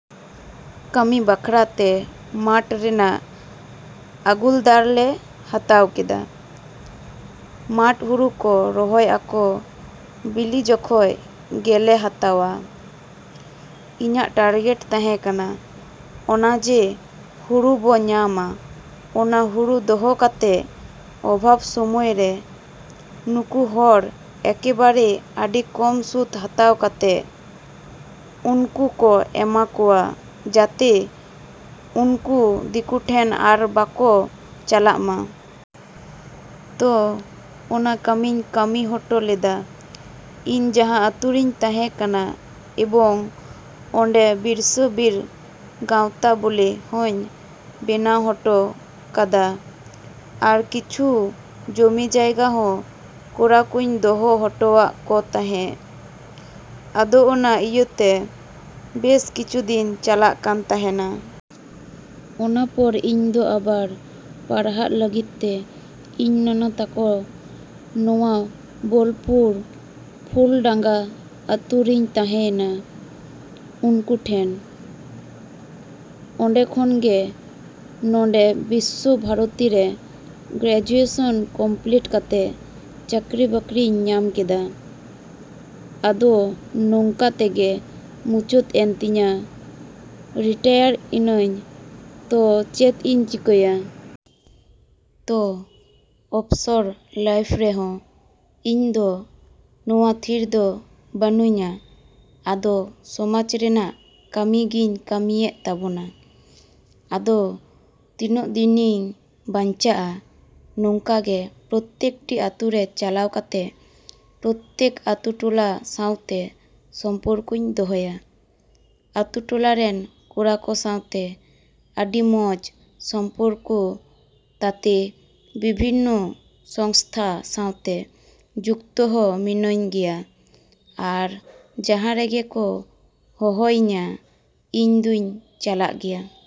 ‎ᱠᱟᱹᱢᱤ ᱵᱟᱠᱷᱨᱟ ᱛᱮ ᱢᱟᱴᱷ ᱨᱮᱱᱟᱜ ᱟᱜᱩᱞᱫᱟᱨ ᱞᱮ ᱦᱟᱛᱟᱣ ᱠᱮᱫᱟ᱾ ᱢᱟᱴᱷ ᱦᱩᱲᱩ ᱠᱚ ᱨᱚᱦᱚᱭ ᱟᱠᱚ ᱵᱤᱞᱤ ᱡᱚᱠᱷᱚᱡ ᱜᱮᱞᱮ ᱦᱟᱛᱟᱣᱟ᱾ ᱤᱧᱟᱜ ᱴᱟᱨᱜᱮᱴ ᱛᱟᱸᱦᱮ ᱠᱟᱱᱟ ᱚᱱᱟ ᱡᱮ ᱦᱩᱲᱩ ᱵᱚ ᱧᱟᱢᱟ ᱚᱱᱟ ᱦᱩᱲᱩ ᱫᱚᱦᱚ ᱠᱟᱛᱮᱜ ᱚᱵᱷᱟᱵᱽ ᱥᱚᱢᱚᱭᱨᱮ ᱱᱩᱠᱩ ᱦᱚᱲ ᱮᱠᱮᱵᱟᱨᱮ ᱟᱹᱰᱤ ᱠᱚᱢ ᱥᱩᱫ ᱦᱟᱛᱟᱣ ᱠᱟᱛᱮᱜ ᱩᱱᱠᱩ ᱠᱚ ᱮᱢᱟ ᱠᱚᱣᱟ ᱡᱟᱛᱮ ᱩᱱᱠᱩ ᱫᱤᱠᱩ ᱴᱷᱮᱱ ᱟᱨ ᱵᱟᱠᱚ ᱪᱟᱞᱟᱜ ᱢᱟ᱾ ᱛᱚ ᱚᱱᱟ ᱠᱟᱹᱢᱤᱧ ᱠᱟᱹᱢᱤ ᱦᱚᱴᱚ ᱞᱮᱫᱟ ᱤᱧ ᱡᱟᱸᱦᱟ ᱟᱹᱛᱩᱨᱤᱧ ᱛᱟᱸᱦᱮ ᱠᱟᱱᱟ ᱮᱵᱚᱝ ᱚᱸᱰᱮ ᱵᱤᱨᱥᱟᱹᱼᱵᱤᱨ ᱜᱟᱶᱛᱟ ᱵᱚᱞᱮ ᱦᱚᱧ ᱵᱮᱱᱟᱣ ᱦᱚᱴᱚ ᱠᱟᱫᱟ ᱟᱨ ᱠᱤᱪᱷᱩ ᱡᱚᱢᱤ ᱡᱟᱭᱜᱟ ᱦᱚᱸ ᱠᱚᱲᱟ ᱠᱚᱧ ᱫᱚᱦᱚ ᱦᱚᱴᱚᱣᱟᱜ ᱠᱚ ᱛᱟᱸᱦᱮᱜ᱾ ᱟᱫᱚ ᱚᱱᱟ ᱤᱭᱟᱹᱛᱮ ᱵᱮᱥ ᱠᱤᱪᱷᱩ ᱫᱤᱱ ᱪᱟᱞᱟᱜ ᱠᱟᱱ ᱛᱟᱸᱦᱮᱱᱟ᱾ ᱚᱱᱟ ᱯᱚᱨ ᱤᱧ ᱫᱚ ᱟᱵᱟᱨ ᱯᱟᱲᱦᱟᱜ ᱞᱟᱹᱜᱤᱫᱛᱮ ᱤᱧ ᱱᱟᱱᱟ ᱛᱟᱠᱚ ᱱᱚᱣᱟ ᱵᱚᱞᱯᱩᱨ ᱯᱷᱩᱞ ᱰᱟᱝᱜᱟ ᱟᱹᱛᱩ ᱨᱤᱧ ᱛᱟᱸᱦᱮᱭᱮᱱᱟ ᱩᱱᱠᱩ ᱴᱷᱮᱱ᱾ ᱚᱸᱰᱮ ᱠᱷᱚᱱᱜᱮ ᱱᱚᱰᱮ ᱵᱤᱥᱥᱚ ᱵᱷᱟᱨᱚᱛᱤᱨᱮ ᱜᱨᱮᱡᱩᱭᱮᱥᱚᱱ ᱠᱚᱢᱯᱞᱤᱴ ᱠᱟᱛᱮᱜ ᱪᱟᱹᱠᱨᱤ ᱵᱟᱹᱠᱨᱤᱧ ᱧᱟᱢ ᱠᱮᱫᱟ᱾ ᱟᱫᱚ ᱱᱚᱝᱠᱟ ᱛᱮᱜᱮ ᱢᱩᱪᱟᱹᱫ ᱮᱱ ᱛᱤᱧᱟ ᱨᱤᱴᱟᱭᱟᱨ ᱤᱱᱟᱹᱧ ᱛᱚ ᱪᱮᱫ ᱤᱧ ᱪᱤᱠᱟᱭᱟ᱾ ᱛᱚ ᱚᱯᱥᱚᱨ ᱞᱟᱭᱤᱯᱷ ᱨᱮᱦᱚᱸ ᱤᱧ ᱫᱚ ᱱᱚᱣᱟ ᱛᱷᱤᱨ ᱫᱚ ᱵᱟᱹᱱᱩᱧᱟ ᱟᱫᱚ ᱥᱚᱢᱟᱡᱽ ᱨᱮᱱᱟᱜ ᱠᱟᱹᱢᱤ ᱜᱤᱧ ᱠᱟᱹᱢᱤᱭᱮᱜ ᱛᱟᱵᱚᱱᱟ᱾ ᱟᱫᱚ ᱛᱤᱱᱟᱹᱜ ᱫᱤᱱᱤᱧ ᱵᱟᱧᱪᱟᱜᱼᱟ ᱱᱚᱝᱠᱟᱜᱮ ᱯᱨᱚᱛᱛᱮᱠᱴᱤ ᱟᱹᱛᱩ ᱨᱮ ᱪᱟᱞᱟᱣ ᱠᱟᱛᱮ ᱯᱨᱚᱛᱛᱮᱠ ᱟᱛᱩ ᱴᱚᱞᱟ ᱥᱟᱶᱛᱮ ᱥᱚᱢᱯᱚᱨᱠᱚᱧ ᱫᱚᱦᱚᱭᱟ, ᱟᱹᱛᱩ ᱴᱚᱞᱟᱨᱮᱱ ᱠᱚᱲᱟ ᱠᱚ ᱥᱟᱶᱛᱮ ᱟᱹᱰᱤ ᱢᱚᱸᱡᱽ ᱥᱚᱢᱯᱚᱨᱠᱚ ᱛᱟᱛᱮ ᱵᱤᱵᱷᱤᱱᱱᱚ ᱥᱚᱝᱥᱛᱟ ᱥᱟᱣᱛᱮ ᱡᱩᱠᱛᱚ ᱦᱚᱸ ᱢᱤᱱᱟᱹᱧ ᱜᱮᱭᱟ ᱟᱨ ᱡᱟᱸᱦᱟ ᱨᱮᱜᱮ ᱠᱚ ᱦᱚᱦᱚ ᱤᱧᱟ ᱤᱧᱫᱩᱧ ᱪᱟᱞᱟᱜ ᱜᱮᱭᱟ᱾